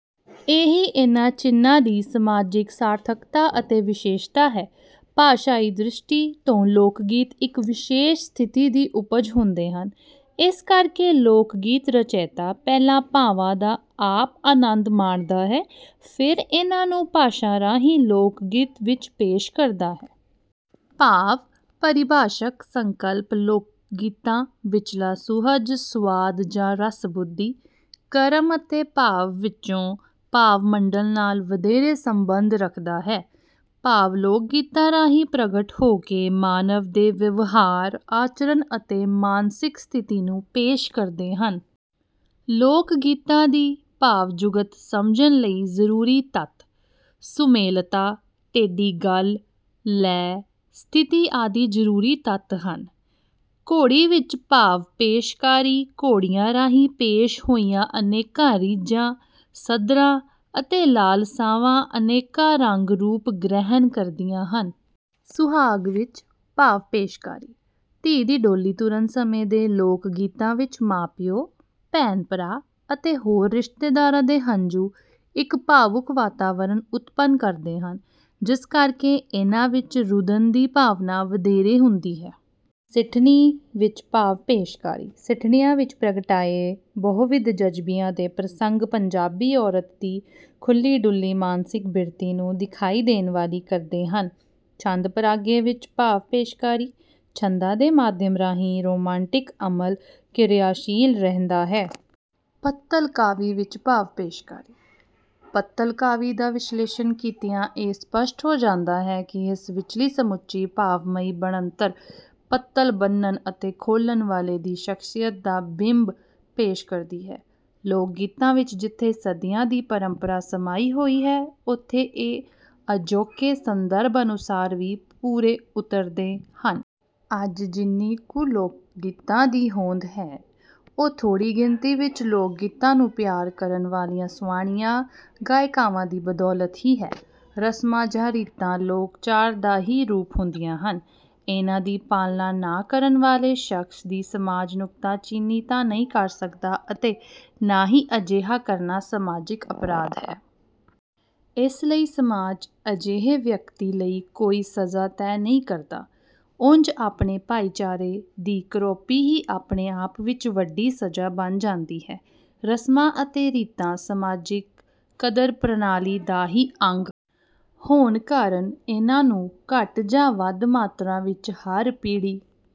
ਇਹੀ ਇਨ੍ਹਾਂ ਚਿੰਨ੍ਹਾਂ ਦੀ ਸਮਾਜਿਕ ਸਾਰਥਕਤਾ ਅਤੇ ਵਿਸ਼ੇਸ਼ਤਾ ਹੈ। ਭਾਸ਼ਾਈ ਦ੍ਰਿਸ਼ਟੀ ਤੋਂ ਲੋਕਗੀਤ ਇੱਕ ਵਿਸ਼ੇਸ਼ ਸਥਿਤੀ ਦੀ ਉਪਜ ਹੁੰਦੇ ਹਨ। ਇਸ ਕਰਕੇ ਲੋਕਗੀਤ ਰਚੈਤਾ ਪਹਿਲਾਂ ਭਾਵਾਂ ਦਾ ਆਪ ਆਨੰਦ ਮਾਣਦਾ ਹੈ, ਫਿਰ ਇਨ੍ਹਾਂ ਨੂੰ ਭਾਸ਼ਾ ਰਾਹੀਂ ਲੋਕਗੀਤ ਵਿੱਚ ਪੇਸ਼ ਕਰਦਾ ਭਾਵ-ਪਰਿਭਾਸ਼ਕ ਸੰਕਲਪ: ਲੋਕਗੀਤਾਂ ਵਿਚਲਾ ਸੁਹਜ, ਸੁਆਦ ਜਾਂ ਰਸ ਬੁੱਧੀ, ਕਰਮ ਅਤੇ ਭਾਵ ਵਿੱਚੋਂ ਭਾਵ-ਮੰਡਲ ਨਾਲ ਵਧੇਰੇ ਸੰਬੰਧ ਰੱਖਦਾ ਹੈ। ਭਾਵ ਲੋਕਗੀਤਾਂ ਰਾਹੀਂ ਪ੍ਰਗਟ ਹੋ ਕੇ ਮਾਨਵ ਦੇ ਵਿਵਹਾਰ, ਆਚਰਨ ਅਤੇ ਮਾਨਸਿਕ ਸਥਿਤੀ ਨੂੰ ਪੇਸ਼ ਕਰਦੇ ਹਨ। ਲੋਕਗੀਤਾਂ ਦੀ ਭਾਵ-ਜੁਗਤ ਸਮਝਣ ਲਈ ਜ਼ਰੂਰੀ ਤੱਤ: ਸੁਮੇਲਤਾ, ਟੇਢੀ ਗੱਲ, ਲੈਅ, ਸਥਿਤੀ ਆਦਿ ਜ਼ਰੂਰੀ ਤੱਤ ਹਨ। ਘੋੜੀ ਵਿੱਚ ਭਾਵ-ਪੇਸ਼ਕਾਰੀ: ਘੋੜੀਆਂ ਰਾਹੀਂ ਪੇਸ਼ ਹੋਈਆਂ ਅਨੇਕਾਂ ਰੀਝਾਂ, ਸੱਧਰਾਂ ਅਤੇ ਲਾਲਸਾਵਾਂ ਅਨੇਕਾਂ ਰੰਗ-ਰੂਪ ਗ੍ਰਹਿਣ ਕਰਦੀਆਂ ਹਨ। ਸੁਹਾਗ ਵਿੱਚ ਭਾਵ-ਪੇਸ਼ਕਾਰੀ: ਧੀ ਦੀ ਡੋਲੀ ਤੁਰਨ ਸਮੇਂ ਦੇ ਲੋਕਗੀਤਾਂ ਵਿੱਚ ਮਾਂ-ਪਿਓ, ਭੈਣ-ਭਰਾ ਅਤੇ ਹੋਰ ਰਿਸ਼ਤੇਦਾਰਾਂ ਦੇ ਹੰਝੂ ਇੱਕ ਭਾਵੁਕ ਵਾਤਾਵਰਣ ਉਤਪੰਨ ਕਰਦੇ ਹਨ, ਜਿਸ ਕਰਕੇ ਇਹਨਾਂ ਵਿੱਚ ਰੁਦਨ ਦੀ ਭਾਵਨਾ ਵਧੇਰੇ ਹੁੰਦੀ ਹੈ। ਸਿੱਠਣੀ ਵਿੱਚ ਭਾਵ-ਪੇਸ਼ਕਾਰੀ: ਸਿੱਠਣੀਆਂ ਵਿੱਚ ਪ੍ਰਗਟਾਏ ਬਹੁਵਿਧ ਜਜ਼ਬਿਆਂ ਦੇ ਪ੍ਰਸੰਗ ਪੰਜਾਬੀ ਔਰਤ ਦੀ ਖੁੱਲ੍ਹੀ-ਡੁੱਲ੍ਹੀ ਮਾਨਸਿਕ ਬਿਰਤੀ ਨੂੰ ਦਿਖਾਈ ਦੇਣ ਵਾਲੀ ਕਰਦੇ ਹਨ। ਛੰਦ ਪਰਾਗੇ ਵਿੱਚ ਭਾਵ-ਪੇਸ਼ਕਾਰੀ: ਛੰਦਾਂ ਦੇ ਮਾਧਿਅਮ ਰਾਹੀਂ ਰੁਮਾਂਟਿਕ ਅਮਲ ਕਿਰਿਆਸ਼ੀਲ ਰਹਿੰਦਾ ਹੈ। ਪੱਤਲ ਕਾਵਿ ਵਿੱਚ ਭਾਵ-ਪੇਸ਼ਕਾਰੀ: ਪੱਤਲ ਕਾਵਿ ਦਾ ਵਿਸ਼ਲੇਸ਼ਣ ਕੀਤਿਆਂ ਇਹ ਸਪੱਸ਼ਟ ਹੋ ਜਾਂਦਾ ਹੈ ਕਿ ਇਸ ਵਿਚਲੀ ਸਮੁੱਚੀ ਭਾਵਮਈ ਬਣਤਰ ਪੱਤਲ ਬੰਨ੍ਹਣ ਅਤੇ ਖੋਲ੍ਹਣ ਵਾਲੇ ਦੀ ਸ਼ਖਸੀਅਤ ਦਾ ਬਿੰਬ ਪੇਸ਼ ਕਰਦੀ ਹੈ। ਲੋਕਗੀਤਾਂ ਵਿੱਚ ਜਿੱਥੇ ਸਦੀਆਂ ਦੀ ਪਰੰਪਰਾ ਸਮਾਈ ਹੋਈ ਹੈ, ਉੱਥੇ ਇਹ ਅਜੋਕੇ ਸੰਦਰਭ ਅਨੁਸਾਰ ਵੀ ਪੂਰੇ ਉਤਰਦੇ ਹਨ। ਅੱਜ ਜਿੰਨੀ ਕੁ ਲੋਕਗੀਤਾਂ ਦੀ ਹੋਂਦ ਹੈ, ਉਹ ਥੋੜ੍ਹੀ ਗਿਣਤੀ ਵਿੱਚ ਲੋਕਗੀਤਾਂ ਨੂੰ ਪਿਆਰ ਕਰਨ ਵਾਲੀਆਂ ਸੁਆਣੀਆਂ, ਗਾਇਕਾਵਾਂ ਦੀ ਬਦੌਲਤ ਹੀ ਹੈ। 'ਰਸਮਾਂ ਜਾਂ ਰੀਤਾਂ' ਲੋਕਾਚਾਰ ਦਾ ਹੀ ਰੂਪ ਹੁੰਦੀਆਂ ਹਨ। ਇਨ੍ਹਾਂ ਦੀ ਪਾਲਣਾ ਨਾ ਕਰਨ ਵਾਲੇ ਸ਼ਖਸ ਦੀ ਸਮਾਜ ਨੁਕਤਾਚੀਨੀ ਤਾਂ ਨਹੀਂ ਕਰ ਸਕਦਾ ਅਤੇ ਨਾ ਹੀ ਅਜਿਹਾ ਕਰਨਾ 'ਸਮਾਜਿਕ ਅਪਰਾਧ' ਹੈ। ਇਸ ਲਈ ਸਮਾਜ ਅਜਿਹੇ ਵਿਅਕਤੀ ਲਈ ਕੋਈ ਸਜ਼ਾ ਤੈਅ ਨਹੀਂ ਕਰਦਾ। ਉਂਜ ਆਪਣੇ ਭਾਈਚਾਰੇ ਦੀ ਕਰੋਪੀ ਹੀ ਆਪਣੇ ਆਪ ਵਿੱਚ ਵੱਡੀ ਸਜ਼ਾ ਬਣ ਜਾਂਦੀ ਹੈ। ਰਸਮਾਂ ਅਤੇ ਰੀਤਾਂ ਸਮਾਜਿਕ ਕਦਰ-ਪ੍ਰਣਾਲੀ ਦਾ ਹੀ ਅੰਗ ਹੋਣ ਕਾਰਨ ਇਨ੍ਹਾਂ ਨੂੰ ਘੱਟ ਜਾਂ ਵੱਧ ਮਾਤਰਾ ਵਿੱਚ ਹਰ ਪੀੜ੍ਹੀ